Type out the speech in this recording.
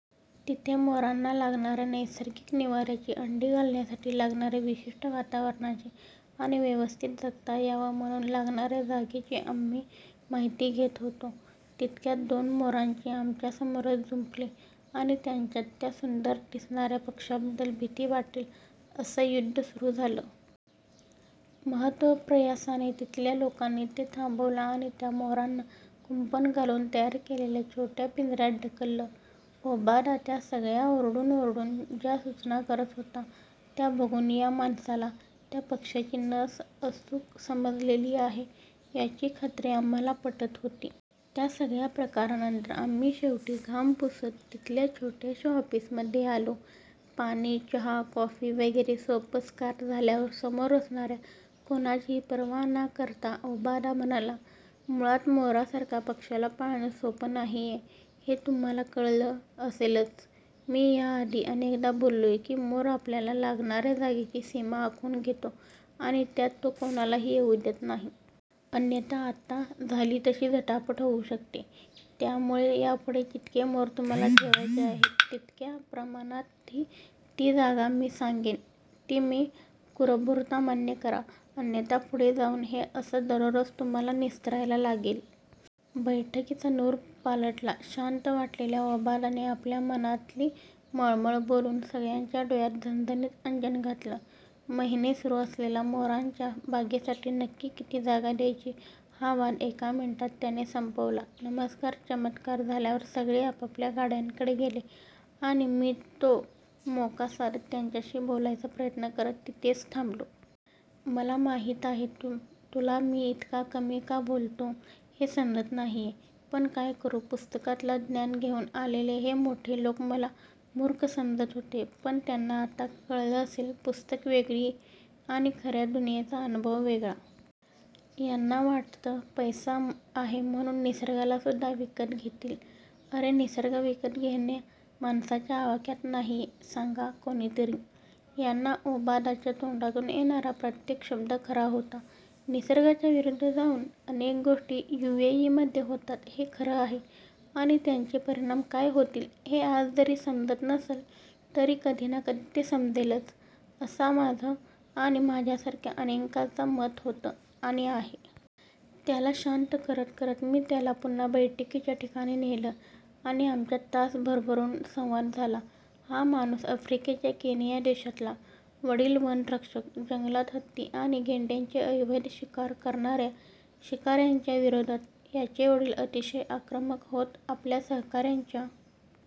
तिथे मोरांना लागणाऱ्या नैसर्गिक निवाऱ्याची, अंडी घालण्यासाठी लागणाऱ्या विशिष्ट वातावरणाची आणि व्यवस्थित जगता यावा म्हणून लागणाऱ्या जागेची आम्ही माहिती घेत होतो. तितक्यात दोन मोरांची आमच्यासमोरच जुंपली आणि त्यांच्यात त्या सुंदर दिसणार्या पक्ष्याबद्दल भीती वाटेल असं युद्ध सुरु झालं. महत्प्रयासाने तिथल्या लोकांनी ते थांबवलं आणि त्या मोरांना कुंपण घालून तयार केलेल्या छोट्या पिंजऱ्यात ढकललं. ओबादा त्या सगळ्या ओरडून ओरडून ज्या सूचना करत होता त्या बघून या माणसाला त्या पक्ष्यांची नस अचूक समजलेली आहे याची खात्री आम्हाला पटत होती. त्या सगळ्या प्रकारानंतर आम्ही शेवटी घाम पुसत तिथल्या छोट्याशा ऑफिसमध्ये आलो. पाणी, चहा-कॉफी वगैरे सोपस्कार झाल्यावर समोर असणाऱ्या कोणाचीही पर्वा ना करता ओबादा म्हणाला, ' मुळात मोरासारख्या पक्ष्याला पाळणं सोपं नाहीये हे तुम्हाला कळलं असेलचमी याआधी अनेकदा बोललोय, की मोर आपल्याला लागणाऱ्या जागेची सीमा आखून घेतो आणि त्यात तो कोणालाही येऊ देत नाही. अन्यथा आत्ता झाली तशी झटापट होऊ शकते. त्यामुळे यापुढे जितके मोर तुम्हाला ठेवायचे आहेत, तितक्या प्रमाणातली जी जागा मी सांगेन, ती न कुरबुरता मान्य करा, अन्यथा पुढे जाऊन हे 'असं' दररोज तुम्हाला निस्तरायला लागेल! 'बैठकीचा नूर पालटला. शांत वाटलेल्या ओबादाने आपल्या मनातली मळमळ बोलून सगळ्यांच्या डोळ्यात झणझणीत अंजन घातलं. महिने सुरु असलेला ' मोरांच्या बागेसाठी नक्की किती जागा द्यायची? ' हा वाद एका मिनिटात त्याने संपवला. नमस्कार चमत्कार झाल्यावर सगळे आपापल्या गाड्यांकडे गेले आणि मी तो मोका साधत त्याच्याशी बोलायचा प्रयत्न करत तिथेच थांबलो. ' मला माहित आहे, तुला मी इतका कमी का बोलतो हे समजत नाहीये, पण काय करू? पुस्तकातला ज्ञान घेऊन आलेले हे मोठे लोक मला मूर्ख समजत होतेपण त्यांना आता कळलं असेल, पुस्तकं वेगळी आणि खऱ्या दुनियेचा अनुभव वेगळा. यांना वाटतं, पैसा आहे म्हणून निसर्गाला सुद्धा विकत घेतीलअरे, निसर्ग विकत घेणं माणसाच्या आवाक्यात नाहीयेसांगा कोणीतरी यांना'ओबादाच्या तोंडातून येणारा प्रत्येक शब्द खरा होता. निसर्गाच्या विरुद्ध जाऊन अनेक गोष्टी यूएई मध्ये होतात, हे खरं आहे आणि त्याचे परिणाम काय होतील, हे आज जरी समजत नसलं तरी कधी ना कधी ते समजेलच, असा माझं आणि माझ्यासारख्या अनेकांचा मत होतं आणि आहे. त्याला शांत करत करत मी त्याला पुन्हा बैठकीच्या ठिकाणी नेलं आणि आमच्यात तास भरभरून संवाद झाला. हा माणूस आफ्रिकेच्या केनिया देशातला. वडील वनरक्षक. जंगलात हत्ती आणि गेंड्यांची अवैध शिकार करणाऱ्या शिकाऱ्यांच्या विरोधात याचे वडील अतिशय आक्रमक होत. आपल्या सहकाऱ्यांच्या